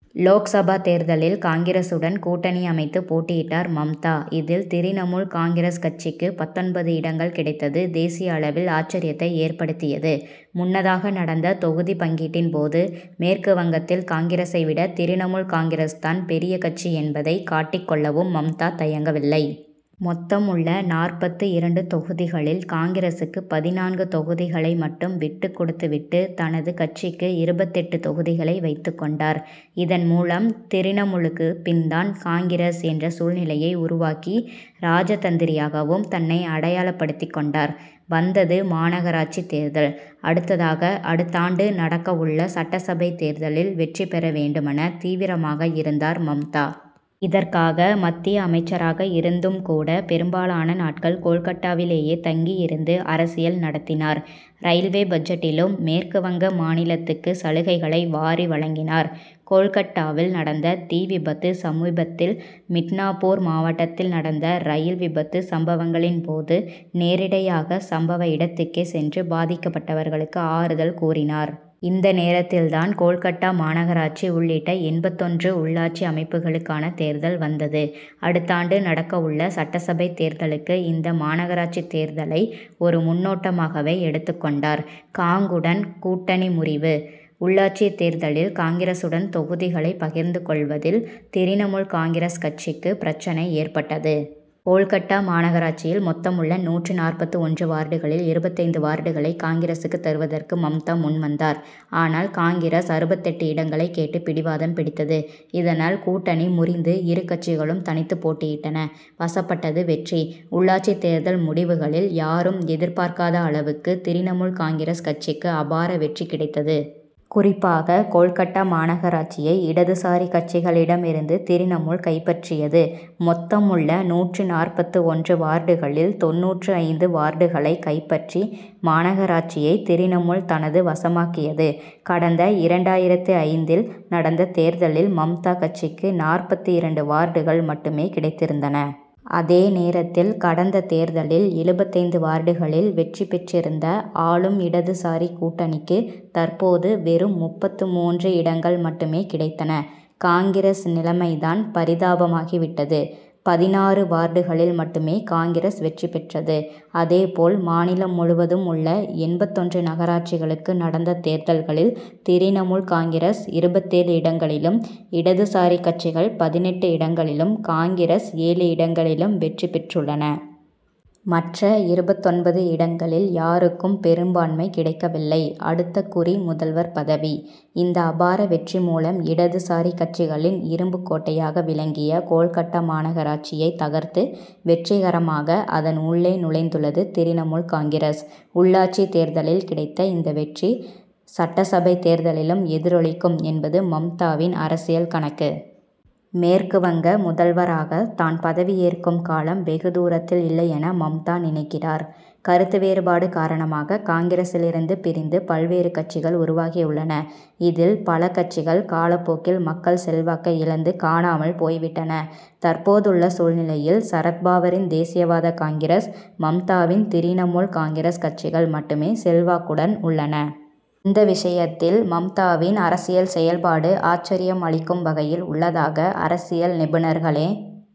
லோக்சபா தேர்தலில் காங்கிரசுடன் கூட்டணி அமைத்து போட்டியிட்டார் மம்தா. இதில் திரிணமுல் காங்கிரஸ் கட்சிக்கு பத்தொன்பது இடங்கள் கிடைத்தது தேசிய அளவில் ஆச்சர்யத்தை ஏற்படுத்தியது. முன்னதாக நடந்த தொகுதி பங்கீட்டின்போது மேற்கு வங்கத்தில் காங்கிரசை விட திரிணமுல் காங்கிரஸ் தான் பெரிய கட்சி என்பதை காட்டிக் கொள்ளவும் மம்தா தயங்கவில்லை. மொத்தம் உள்ள நாற்பத்து இரண்டு தொகுதிகளில் காங்கிரசுக்கு பதினான்கு தொகுதிகளை மட்டும் விட்டுகொடுத்து விட்டு தனது கட்சிக்கு இருபத்தெட்டு தொகுதிகளை வைத்துக் கொண்டார். இதன்மூலம் திரிணமுலுக்கு பின் தான் காங்கிரஸ் என்ற சூழ்நிலையை உருவாக்கி ராஜதந்திரியாகவும் தன்னை அடையாளப்படுத்தி கொண்டார். வந்தது மாநகராட்சி தேர்தல்: அடுத்ததாக அடுத்தாண்டு நடக்கவுள்ள சட்டசபை தேர்தலில் வெற்றி பெற வேண்டுமென தீவிரமாக இருந்தார் மம்தா. இதற்காக மத்திய அமைச்சராக இருந்தும் கூட பெரும்பாலான நாட்கள் கோல்கட்டாவிலேயே தங்கியிருந்து அரசியல் நடத்தினார். ரயில்வே பட்ஜெட்டிலும் மேற்கு வங்க மாநிலத்துக்கு சலுகைகளை வாரி வழங்கினார். கோல்கட்டாவில் நடந்த தீ விபத்து சமீபத்தில் மிட்னாபூர் மாவட்டத்தில் நடந்த ரயில் விபத்து சம்பவங்களின் போது நேரடியாக சம்பவ இடத்துக்கே சென்று பாதிக்கப்பட்டவர்களுக்கு ஆறுதல் கூறினார். இந்த நேரத்தில் தான் கோல்கட்டா மாநகராட்சி உள்ளிட்ட எண்பத்தொன்று உள்ளாட்சி அமைப்புகளுக்கான தேர்தல் வந்தது. அடுத்தாண்டு நடக்கவுள்ள சட்டசபை தேர்தலுக்கு இந்த மாநகராட்சி தேர்தலை ஒரு முன்னோட்டமாகவே எடுத்துக் கொண்டார். காங்.குடன் கூட்டணி முறிவு: உள்ளாட்சி தேர்தலில் காங்கிரசுடன் தொகுதிகளை பகிர்ந்து கொள்வதில் திரிணமுல் காங்கிரஸ் கட்சிக்கு பிரச்னை ஏற்பட்டது. கோல்கட்டா மாநகராட்சியில் மொத்தம் உள்ள நூற்று நாற்பத்து ஒன்று வார்டுகளில் இருபத்தைந்து வார்டுகளை காங்கிரசுக்கு தருவதற்கு மம்தா முன்வந்தார். ஆனால் காங்கிரஸ் அறுபத்தெட்டு இடங்களை கேட்டு பிடிவாதம் பிடித்தது. இதனால் கூட்டணி முறிந்து இரு கட்சிகளும் தனித்து போட்டியிட்டன. வசப்பட்டது வெற்றி: உள்ளாட்சி தேர்தல் முடிவுகளில் யாரும் எதிர்பார்க்காத அளவுக்கு திரிணமுல் காங்கிரஸ் கட்சிக்கு அபார வெற்றி கிடைத்தது. குறிப்பாக கோல்கட்டா மாநகராட்சியை இடதுசாரி கட்சிகளிகளிடமிருந்து திரிணமுல் கைப்பற்றியது. மொத்தம் உள்ள நூற்று நாற்பத்து ஒன்று வார்டுகளில் தொண்ணூற்று ஐந்து வார்டுகளை கைப்பற்றி மாநகராட்சியை திரிணமுல் தனது வசமாக்கியது. கடந்த இரண்டாயிரத்து ஐந்தில் நடந்த தேர்தலில் மம்தா கட்சிக்கு நாற்பத்து இரண்டு வார்டுகள் மட்டுமே கிடைத்திருந்தன. அதே நேரத்தில் கடந்த தேர்தலில் எழுபத்தைந்து வார்டுகளில் வெற்றி பெற்றிருந்த ஆளும் இடதுசாரி கூட்டணிக்கு தற்போது வெறும் முப்பத்து மூன்று இடங்கள் மட்டுமே கிடைத்தன. காங்கிரஸ் நிலைமை தான் பரிதாபமாகி விட்டது. பதினாறு வார்டுகளில் மட்டுமே காங்கிரஸ் வெற்றி பெற்றது. அதேபோல் மாநிலம் முழுவதும் உள்ள எண்பத்தொன்று நகராட்சிகளுக்கு நடந்த தேர்தல்களில் திரிணமுல் காங்கிரஸ் இருபத்தேழு இடங்களிலும் இடதுசாரி கட்சிகள் பதினெட்டு இடங்களிலும் காங்கிரஸ் ஏழு இடங்களிலும் வெற்றி பெற்றுள்ளன. மற்ற இருபத்தொன்பது இடங்களில் யாருக்கும் பெரும்பான்மை கிடைக்கவில்லை. அடுத்த குறி முதல்வர் பதவி: இந்த அபார வெற்றி மூலம் இடதுசாரி கட்சிகளின் இரும்புக் கோட்டையாக விளங்கிய கோல்கட்டா மாநகராட்சியை தகர்த்து வெற்றிகரமாக அதன் உள்ளே நுழைந்துள்ளது திரிணமுல் காங்கிரஸ். உள்ளாட்சி தேர்தலில் கிடைத்த இந்த வெற்றி சட்டசபை தேர்தலிலும் எதிரொலிக்கும் என்பது மம்தாவின் அரசியல் கணக்கு. மேற்கு வங்க முதல்வராக தான் பதவியேற்கும் காலம் வெகு தூரத்தில் இல்லையென மம்தா நினைக்கிறார். கருத்து வேறுபாடு காரணமாக காங்கிரசிலிருந்து பிரிந்து பல்வேறு கட்சிகள் உருவாகியுள்ளன. இதில் பல கட்சிகள் காலப்போக்கில் மக்கள் செல்வாக்கை இழந்து காணாமல் போய் விட்டன. தற்போதுள்ள சூழ்நிலையில் சரத்பவாரின் தேசியவாத காங்கிரஸ் மம்தாவின் திரிணமுல் காங்கிரஸ் கட்சிகள் மட்டுமே செல்வாக்குடன் உள்ளன. இந்த விஷயத்தில் மம்தாவின் அரசியல் செயல்பாடு ஆச்சர்யம் அளிக்கும் வகையில் உள்ளதாக அரசியல் நிபுணர்களே